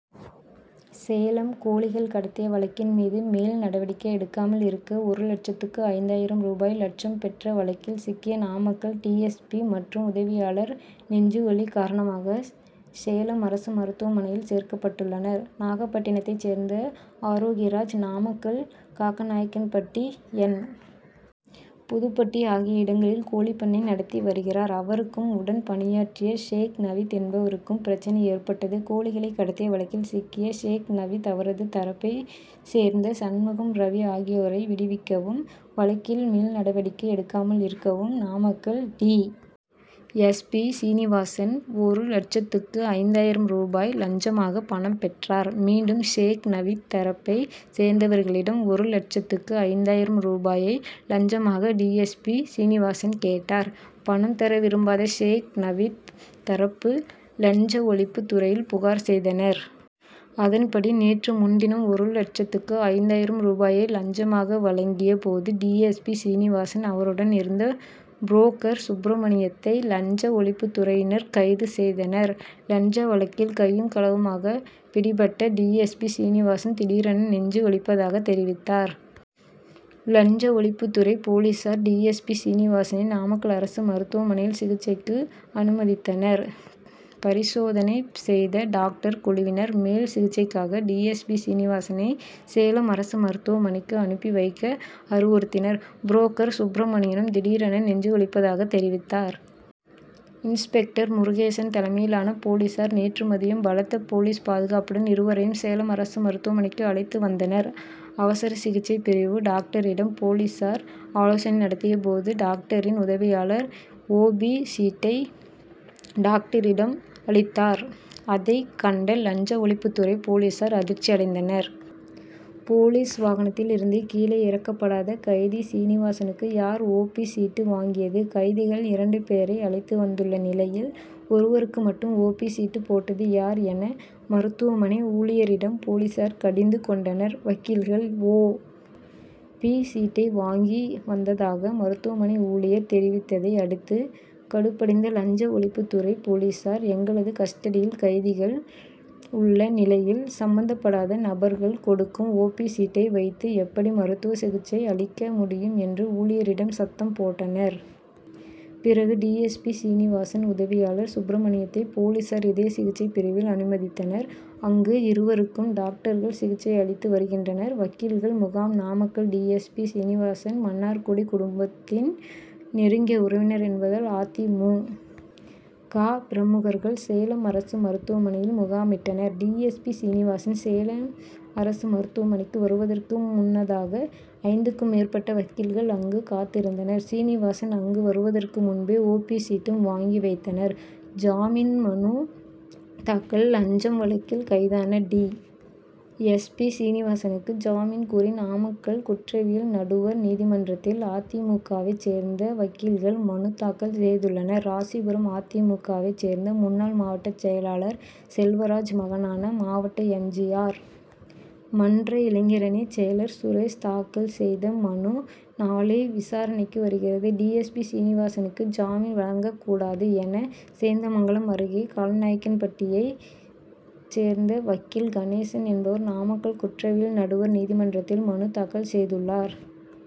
சேலம் கோழிகள் கடத்திய வழக்கின் மீது மேல் நடவடிக்கை எடுக்காமல் இருக்க, ஒரு லட்சத்து ஐம்பதாயிரம் ரூபாய் லஞ்சம் பெற்ற வழக்கில் சிக்கிய நாமக்கல் டி. எஸ். பி., மற்றும் உதவியாளர், நெஞ்சுவலி காரணமாக சேலம் அரசு மருத்துவமனையில் சேர்க்கப்பட்டுள்ளனர். நாகப்பட்டினத்தை சேர்ந்த ஆரோக்கியராஜ். நாமக்கல் காக்கநாயக்கன்பட்டி, என். புதுப்பட்டி ஆகிய இடங்களில் கோழிப்பண்ணை நடத்தி வருகிறார். அவருக்கும், உடன் பணியாற்றிய ஷேக் நவீத் என்பவருக்கும் பிரச்னை ஏற்பட்டது. கோழிகளை கடத்திய வழக்கில் சிக்கிய ஷேக் நவீத், அவரது தரப்பை சேர்ந்த சண்முகம், ரவி ஆகியோரை விடுவிக்கவும், வழக்கில் மேல்நடவடிக்கை எடுக்காமல் இருக்கவும், Namakkal D. S. P., Srinivasan, ஒரு லட்சத்து ஐம்பதாயிரம் ரூபாய் லஞ்சமாக பணம் பெற்றார். மீண்டும் ஷேக் நவீத் தரப்பை சேர்ந்தவர்களிடம் ஒரு லட்சத்து ஐம்பதாயிரம் ரூபாயை லஞ்சமாக டி. எஸ். பி., சீனிவாசன் கேட்டார். பணம் தர விரும்பாத ஷேக் நவீத் தரப்பு, லஞ்ச ஒழிப்பு துறையில் புகார் செய்தனர். அதன்படி நேற்று முன்தினம், ஒரு லட்சத்து ஐம்பதாயிரம் ரூபாயை லஞ்சமாக வாங்கிய போது டி. எஸ். பி., சீனிவாசன், அவருடன் இருந்த புரோக்கர் சுப்பிரமணியத்தை, லஞ்ச ஒழிப்புத் துறையினர் கைது செய்தனர். லஞ்ச வழக்கில் கையும் களவுமாக பிடிபட்ட டி. எஸ். பி., சீனிவாசன், திடீரென நெஞ்சு வலிப்பதாக தெரிவித்தார். லஞ்ச ஒழிப்பு துறை போலீசார், டி. எஸ். பி., சீனிவாசனை நாமக்கல் அரசு மருத்துவமனையில் சிகிச்சைக்கு அனுமதித்தனர். பரிசோதனை செய்த டாக்டர் குழுவினர், மேல் சிகிச்சைக்காக டி. எஸ். பி., சீனிவாசனை சேலம் அரசு மருத்துவமனைக்கு அனுப்பி வைக்க அறிவுறுத்தினர். புரோக்கர் சுப்ரமணியனும் திடீரென நெஞ்சு வலிப்பதாக தெரிவித்தார். இன்ஸ்பெக்டர் முருகேசன் தலைமையிலான போலீசார் நேற்று மதியம் பலத்த போலீஸ் பாதுகாப்புடன் இருவரையும் சேலம் அரசு மருத்துவமனைக்கு அழைத்து வந்தனர். அவசர சிகிச்சை பிரிவு டாக்டரிடம் போலீசார் ஆலோசனை நடத்திய போது, டாக்டரின் உதவியாளர், ஓ. பி., சீட்டை டாக்டரிடம் அளித்தார். அதை கண்ட லஞ்ச ஒழிப்பு துறை போலீசார் அதிர்ச்சி அடைந்தனர். போலீஸ் வாகனத்தில் இருந்து கீழே இறக்கப்படாத கைதி சீனிவாசனுக்கு, யார் ஓ. பி., சீட்டு வாங்கியது, கைதிகள் இரண்டு பேரை அழைத்து வந்துள்ள நிலையில், ஒருவருக்கு மட்டும் ஓ. பி., சீட்டு போட்டது யார், என மருத்துவமனை ஊழியரிடம் போலீசார் கடிந்து கொண்டனர். வக்கீல்கள், ஓ. பி., சீட்டை வாங்கி வந்ததாக மருத்துவமனை ஊழியர் தெரிவித்தை அடுத்து, கடுப்படைந்த லஞ்ச ஒழிப்பு துறை போலீசார், எங்களது கஸ்டடியில் கைதிகள் உள்ள நிலையில், சம்பந்தப்படாத நபர்கள் கொடுக்கும், ஓ. பி., சீட்டை வைத்து எப்படி மருத்துவ சிகிச்சை அளிக்க முடியும்? என்று ஊழியரிடம் சத்தம் போட்டனர். பிறகு டி. எஸ். பி., சீனிவாசன், உதவியாளர் சுப்ரமணியத்தை, போலீசார், இதய சிகிச்சை பிரிவில் அனுமதித்தனர். அங்கு இருவருக்கும் டாக்டர்கள் சிகிச்சை அளித்து வருகின்றனர். வக்கீல்கள் முகாம் Namakkal D. S. P., Srinivasan, Mannargudi குடும்பத்தின்' நெருங்கிய உறவினர் என்பதால், அ. தி. மு. க., பிரமுகர்கள், சேலம் அரசு மருத்துவமனையில் முகாமிட்டனர். D. S. P., Srinivasan, Salem அரசு மருத்துவமனைக்கு வருவதற்கு முன்னதாக, ஐந்துக்கும் மேற்பட்ட வக்கீல்கள் அங்கு காத்திருந்தனர். சீனிவாசன் அங்கு வருவதற்கு முன்பே, ஓ. பி., சீட்டும் வாங்கி வைத்தனர். ஜாமீன் மனு தாக்கல் லஞ்ச வழக்கில் கைதான டி. எஸ். பி., சீனிவாசனுக்கு ஜாமீன் கோரி, நாமக்கல் குற்றவியல் நடுவர் நீதிமன்றத்தில் அ. தி. மு. க.,வைச் சேர்ந்த வக்கீல்கள் மனு தாக்கல் செய்துள்ளனர். ராசிபுரம் அ. தி. மு. க.,வைச் சேர்ந்த முன்னாள் மாவட்டச் செயலர் செல்வராஜ் மகனான மாவட்ட எம். ஜி. ஆர்., மன்ற இளைஞரணி செயலர் சுரேஷ் தாக்கல் செய்த மனு, நாளை விசாரணைக்கு வருகிறது. டி. எஸ். பி., சீனிவாசனுக்கு ஜாமீன் வழங்கக்கூடாது' என, சேந்தமங்கலம் அருகே காளப்பநாயக்கன்பட்டியை சேர்ந்த வக்கீல் கணேசன் என்பவர், நாமக்கல் குற்றவியல் நடுவர் நீதிமன்றத்தில் மனு தாக்கல் செய்துள்ளார்.